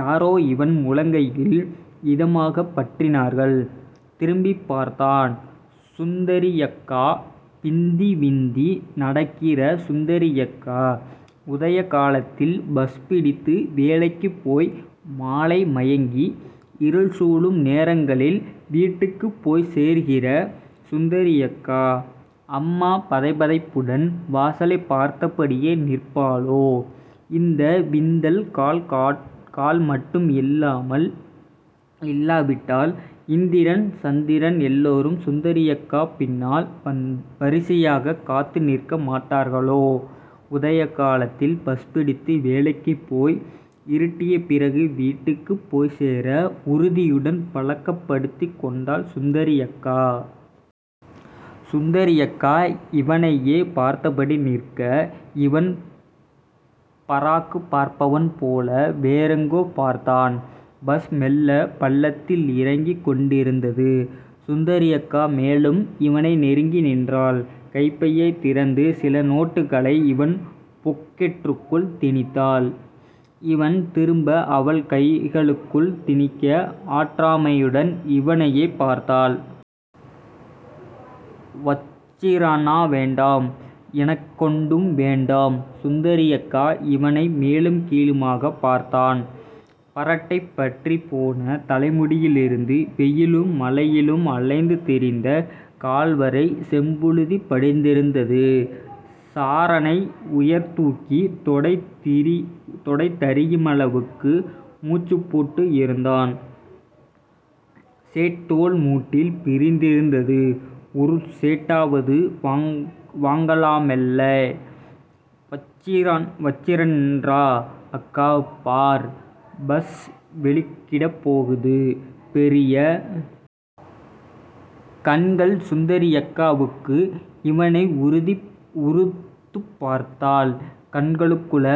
யாரோ இவன் முழங்கையில் இதமாகப் பற்றினார்கள். திரும்பிப்பார்த்தான். சுந்தரியக்கா விந்தி விந்தி நடக்கிற சுந்தரியக்கா உதயகாலத்தில் பஸ்பிடித்து வேலைக்குப் போய் மாலை மயங்கி இருள்சூளும் நேரங்களில் வீட்டுக்குப் போய்ச்சேர்கிற சுந்தரியக்கா அம்மா பதைபதைப்புடன் வாசலைப் பார்த்தபடியே நிற்பாளோ இந்த விந்தல் கால் மட்டும் இல்லாவிட்டால் இந்திரன் சந்திரன் எல்லாரும் சுந்தரியக்கா பின்னால் வரிசையாக காத்து நிற்க மாட்டார்களோ உதயகாலத்தில் பஸ்பிடித்து வேலைக்குப்போய் இருட்டியபிறகு வீட்டுக்குப் போய்ச்சேர உறுதியுடன் பழக்கப்படுத்திக் கொண்டாள் சுந்தரியக்கா. சுந்தரியக்கா இவனையே பார்த்தபடி நிற்க. இவன் பராக்குப் பார்ப்பவன் போல வேறெங்கோ பார்த்தான். பஸ் மெல்ல பள்ளத்தில் இறங்கிக் கொண்டிருந்தது. சுந்தரியக்கா மேலும் இவனை நெருங்கி நின்றாள். கைப்பையைத் திறந்து சில நோட்டுகளை இவன் பொக்கெற்றுக்குள் திணித்தாள். இவன் திரும்ப அவள் கைகளுக்குள் திணிக்க... ஆற்றாமையுடன் இவனையே பார்த்தாள். வச்சிரன்ரா...வேண்டாம்... எனக்கொண்டும் வேண்டாம். சுந்தரியக்கா இவனை மேலும் கீழுமாக பார்த்தான். பறட்டை பற்றிப்போன தலைமுடியிலிருந்து வெயிலும் மழையிலும் அலைந்து திரிந்த கால்வரை செம்புழுதி படிந்திருந்தது. சாறனை உயரத்தூக்கி தொடை தரியுமளவுக்கு முடிச்சுப்போட்டு இருந்தான். சேட் தோள்மூட்டில் பிரிந்திருந்தது ஒரு சேட்டாவது வாங்கலாமெல்லே... வச்சிரன்ரா...அக்கா.... பார்... பஸ் வெளிக்கிடப் போகுது..பெரிய கண்கள் சுந்தரியக்காவுக்கு. இவனை உறுத்துப்பார்த்தாள். கண்களுக்குள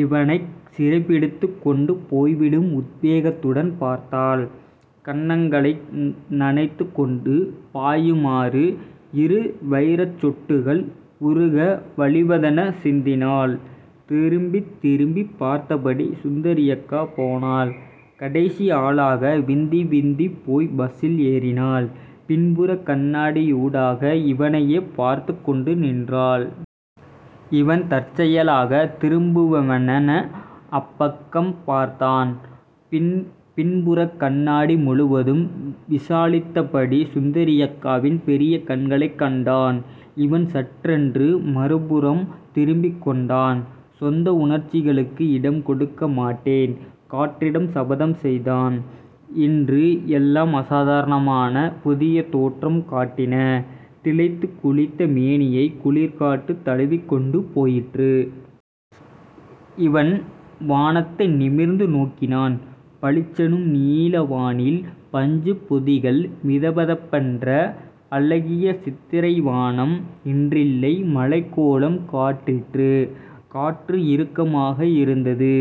இவனைச் சிறைப்பிடித்துக் கொண்டு போய்விடும் உத்வேகத்துடன் பார்த்தாள். கன்னங்களை நனைத்துக் கொண்டு பாயுமாறு இரு வைரச்சொட்டுகள் உருக வழிவதென சிந்தினாள். திரும்பித் திரும்பிப் பார்த்தபடி சுந்தரியக்கா போனாள். கடைசி ஆளாக விந்தி விந்திப் போய் பஸ்ஸில் ஏறினாள். பின்புறக் கண்ணாடியூடாக இவனையே பார்த்துக் கொண்டு நின்றாள். இவன் தற்செயலாக திரும்புபவனென அந்தப்பக்கம் பார்த்தான். பின்புறக்கண்ணாடி முழுவதும் விசாலித்தபடி சுந்தரியக்காவின் பெரிய. கண்களைக் கண்டான். இவன் சட்டென்று மறுபுறம் திரும்பிக்கொண்டான். சொந்த உணர்ச்சிகளுக்கு இடம் கொடுக்க மாட்டேன் காற்றிடம் சபதம் செய்தான். இன்று எல்லாம் அசாதாரணமான புதியதோற்றம் காட்டின. திளைத்துக் குளித்த மேனியை குளிர்காற்று தழுவிக்கொண்டு போயிற்று. இவன் வானத்தை நிமிர்ந்து நோக்கினான். பளிச் செனும் நீலவானில் பஞ்சுப் பொதிகள் மிதப்பதன்ற அழகிய சித்திரைவானம் இன்றில்லை. மழைக்கோலம் காட்டிற்று. காற்று இறுக்கமாக இருந்தது.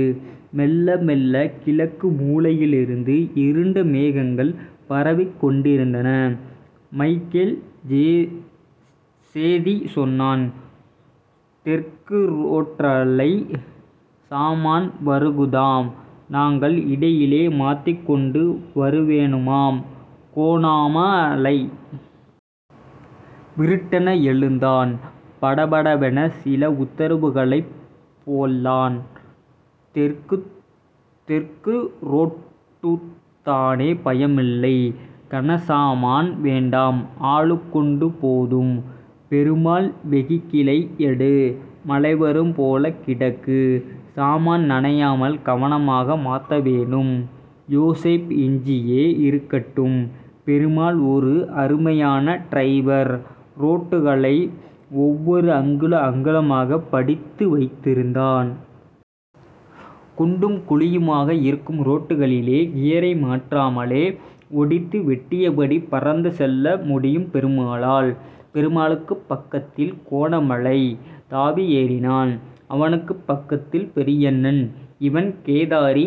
மெல்லமெல்ல கிழக்கு மூலையிலிருந்து இருண்டமேகங்கள் பரவிக் கொண்டிருந்தன. மைக்கேல் சேதி சொன்னான் தெற்கு றோட்டாலை சாமான் வருகுதாம்... நாங்கள் இடையிலே மாத்திக் கொண்டு வரவேணுமாம்...கோணாமலை விருட்டென எழுந்தான். படபடவென சில உத்தரவுகளைப் போள்ளான். தெற்கு றோட்டுத்தானே. பயமில்லை..... கனசாமான் வேண்டாம். ஆளுக்கொண்டு போதும். பெருமாள் வெகிக்கிளை எடு.... மழைவரும்போல கிடக்கு... சாமான் நனையாமல் கவனமாக மாத்தவேணும். யோசேப் இஞ்சேயே இருக்கட்டும் பெருமாள் ஒரு அருமையான ட்ரைவர் ரோட்டுகளை ஒவ்வொரு அங்குல அங்குலமாகப் படித்து வைத்திருந்தான். குண்டும் குழியுமாக இருக்கும் ரோட்டுகளிலே கியரை மாற்றாமலே ஒடித்து வெட்டியபடி பறந்து செல்ல முடியும் பெருமாளால். பெருமாளுக்குப் பக்கத்தில் கோணாமலை தாவி ஏறினான். அவனுக்குப் பக்கத்தில் பெரியண்ணன். இவன்.... கேதாரி...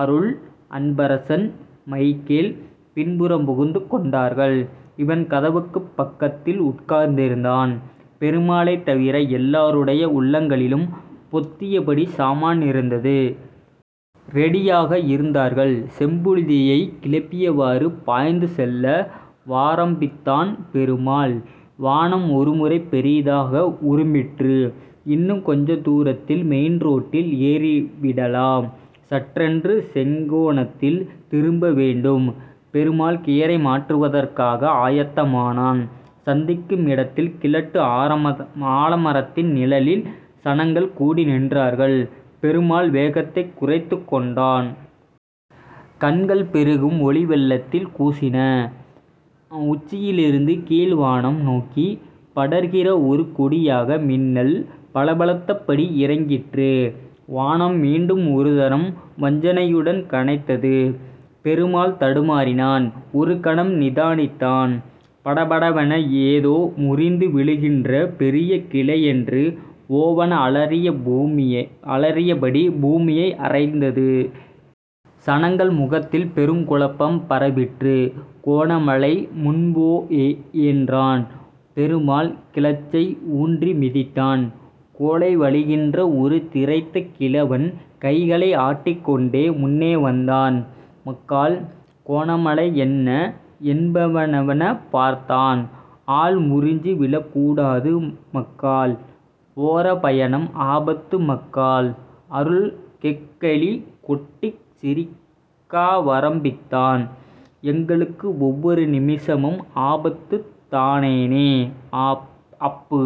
அருள்.... அன்பரசன்..... மைக்கேல்.... பின்புறம் புகுந்து கொண்டார்கள். இவன் கதவுக்குப் பக்கத்தில் உட்கார்ந்திருந்தான். பெருமாளைத் தவிர எல்லோருடைய உள்ளங்களிலும் பொத்தியபடி சாமான் இருந்தது. ரெடியாக இருந்தார்கள். செம்புழுதியைக் கிளப்பியவாறு பாய்ந்து செல்ல வாரம்பித்தான் பெருமாள் வானம் ஒருமுறை பெரிதாக உறுமிற்று. இன்னும் கொஞ்ச தூரத்தில் மெயின்ரோட்டில் ஏறிவிடலாம். சட்டென்று செங்கோணத்தில் திரும்பவேண்டும். பெருமாள் கியரை மாற்றுவதற்க ஆயத்தமானான். சந்திக்கும் இடத்தில் கிழட்டு ஆலமரத்தின் நிழலில் சனங்கள் கூடிநின்றார்கள். பெருமாள் வேகத்தைக் குறைத்துக் கொண்டான். கண்கள் பெரும் ஒளிவெள்ளத்தில் கூசின. உச்சியிலிருந்து கீழ்வானம் நோக்கி படர்கிற ஒரு கொடியாக மின்னல் பளபளத்த படி இறங்கிற்று. வானம் மீண்டும் ஒருதரம் வஞ்சனையுடன் கனைத்தது. பெருமாள் தடுமாறினான். ஒரு கணம் நிதானித்தான். படபடவென ஏதோ முறிந்து விழுகின்ற பெரிய கிளையன்று ஓவென அலறியபடி பூமியை அறைந்தது. சனங்கள் முகத்தில் பெருங்குழப்பம் பரவிற்று. கோணாமலை முன்னேபோ என்றான். பெருமாள் கிளச்சை ஊன்றி மிதித்தான். கோழை வழிகின்ற ஒரு திரைத்த கிழவன் கைகளை ஆட்டிக்கொண்டே முன்னே வந்தான். மக்காள்... கோணாமலை என்ன என்பவனெனப் பார்த்தான். ஆல் முறிஞ்சு விழக்கூடாது மக்காள்..போறபயணம் ஆபத்து மக்காள். அருள் கெக்கெலி கொட்டிச் சிரிக்கவாரம்பித்தான். எங்களுக்கு ஒவ்வொரு நிமிசமும் ஆபத்துத் தானேணே அப்பு